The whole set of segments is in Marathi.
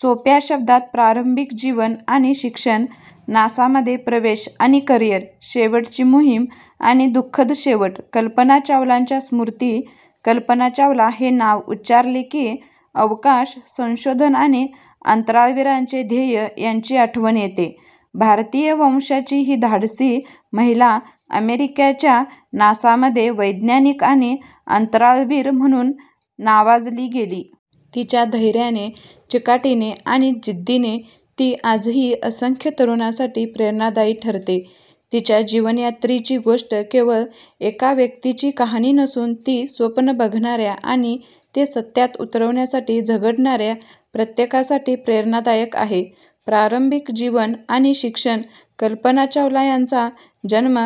सोप्या शब्दात प्रारंभिक जीवन आणि शिक्षण, नासामध्ये प्रवेश आणि करिअर, शेवटची मोहिम आणि दुःखद शेवट, कल्पना चावलाच्या स्मृती, कल्पना चावला हे नाव उच्चारले की, अवकाश संशोधन आणि अंतराळवीरांचे ध्येय याची आठवण येते. भारतीय वंशाची ही धाडसी महिला अमेरिकेच्या नासामध्ये वैज्ञानिक आणि अंतराळवीर म्हणून नावाजली गेली. तिच्या धैर्याने, चिकाटीने आणि जिद्दीने ती आजही असंख्य तरुणांसाठी प्रेरणादायी ठरते. तिच्या जीवनयात्रेची गोष्ट केवळ एका व्यक्तीची कहाणी नसून ती स्वप्न बघणाऱ्या आणि ते सत्यात उतरवण्यासाठी झगडणाऱ्या प्रत्येकासाठी प्रेरणादायक आहे. प्रारंभिक जीवन आणि शिक्षण, कल्पना चावला यांचा जन्म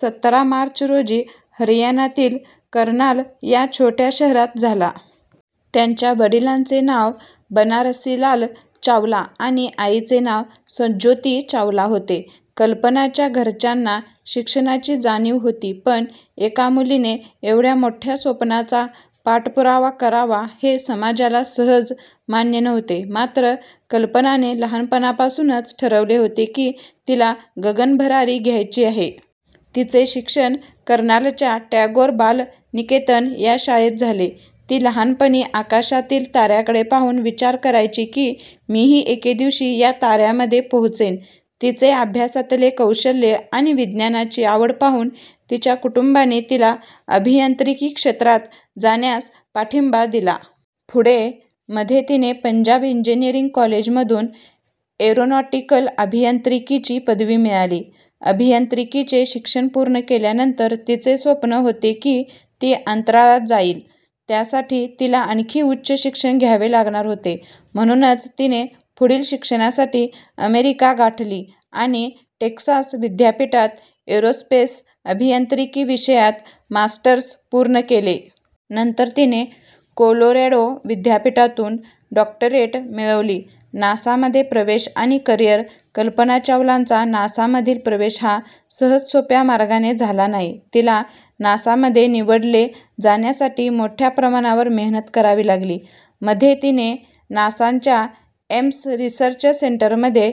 सतरा मार्च रोजी हरियाणातील कर्नाल या छोट्या शहरात झाला. त्यांच्या वडिलांचे नाव बनारसीलाल चावला आणि आईचे नाव संज्योती चावला होते. कल्पनाच्या घरच्यांना शिक्षणाची जाणीव होती, पण एका मुलीने एवढ्या मोठ्या स्वप्नांचा पाठपुरावा करावा, हे समाजाला सहज मान्य नव्हते. मात्र, कल्पनाने लहानपणापासूनच ठरवले होते की, तिला गगनभरारी घ्यायची आहे. तिचे शिक्षण कर्नालच्या टॅगोर बाल निकेतन या शाळेत झाले. ती लहानपणी आकाशातील ताऱ्यांकडे पाहून विचार करायची की, मीही एके दिवशी या ताऱ्यांमध्ये पोहोचेन. तिचे अभ्यासातील कौशल्य आणि विज्ञानाची आवड पाहून तिच्या कुटुंबाने तिला अभियांत्रिकी क्षेत्रात जाण्यास पाठिंबा दिला. पुढे, मध्ये तिने पंजाब इंजिनिअरिंग कॉलेजमधून एरोनॉटिकल अभियांत्रिकीची पदवी मिळवली. अभियांत्रिकीचे शिक्षण पूर्ण केल्यानंतर तिचे स्वप्न होते की, ती अंतराळात जाईल. त्यासाठी तिला आणखी उच्च शिक्षण घ्यावे लागणार होते. म्हणूनच तिने पुढील शिक्षणासाठी अमेरिका गाठली आणि टेक्सास विद्यापीठात एरोस्पेस अभियांत्रिकी विषयात मास्टर्स पूर्ण केले. नंतर तिने कोलोरॅडो विद्यापीठातून डॉक्टरेट मिळवली. नासामध्ये प्रवेश आणि करिअर, कल्पना चावलाचा नासामधील प्रवेश हा सहजसोप्या मार्गाने झाला नाही. तिला नासामध्ये निवडले जाण्यासाठी मोठ्या प्रमाणावर मेहनत करावी लागली. मध्ये तिने नासाच्या एम्स रिसर्च सेंटरमध्ये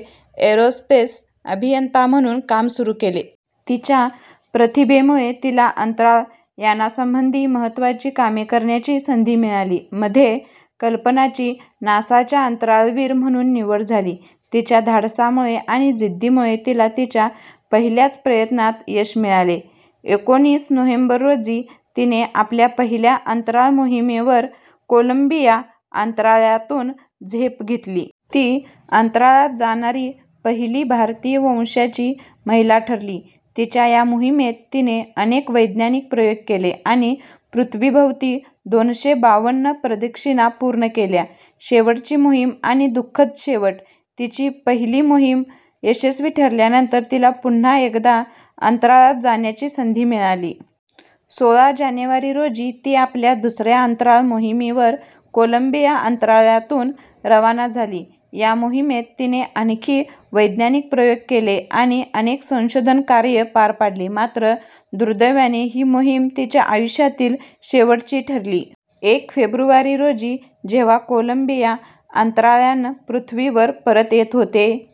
एरोस्पेस अभियंता म्हणून काम सुरू केले. तिच्या प्रतिभेमुळे तिला अंतराळ यानांसंबंधी महत्त्वाची कामे करण्याची संधी मिळाली. मध्ये, कल्पनाची नासाच्या अंतराळवीर म्हणून निवड झाली. तिच्या धाडसामुळे आणि जिद्दीमुळे तिला तिच्या पहिल्याच प्रयत्नात यश मिळाले. एकोणीस नोव्हेंबर रोजी तिने आपल्या पहिल्या अंतराळ मोहिमेवर कोलंबिया अंतराळयानातून झेप घेतली. ती अंतराळात जाणारी पहिली भारतीय वंशाची महिला ठरली. तिच्या या मोहिमेत तिने अनेक वैज्ञानिक प्रयोग केले आणि पृथ्वीभोवती दोनशे बावन्न प्रदक्षिणा पूर्ण केल्या. शेवटची मोहिम आणि दुःखद शेवट, तिची पहिली मोहीम यशस्वी ठरल्यानंतर तिला पुन्हा एकदा अंतराळात जाण्याची संधी मिळाली. सोळा जानेवारी रोजी ती आपल्या दुसऱ्या अंतराळ मोहिमेवर कोलंबिया अंतराळयानातून रवाना झाली. या मोहिमेत तिने आणखी वैज्ञानिक प्रयोग केले आणि अनेक संशोधन कार्ये पार पाडली. मात्र, दुर्दैवाने ही मोहीम तिच्या आयुष्यातील शेवटची ठरली. एक फेब्रुवारी रोजी जेव्हा कोलंबिया अंतराळयान पृथ्वीवर परत येत होते,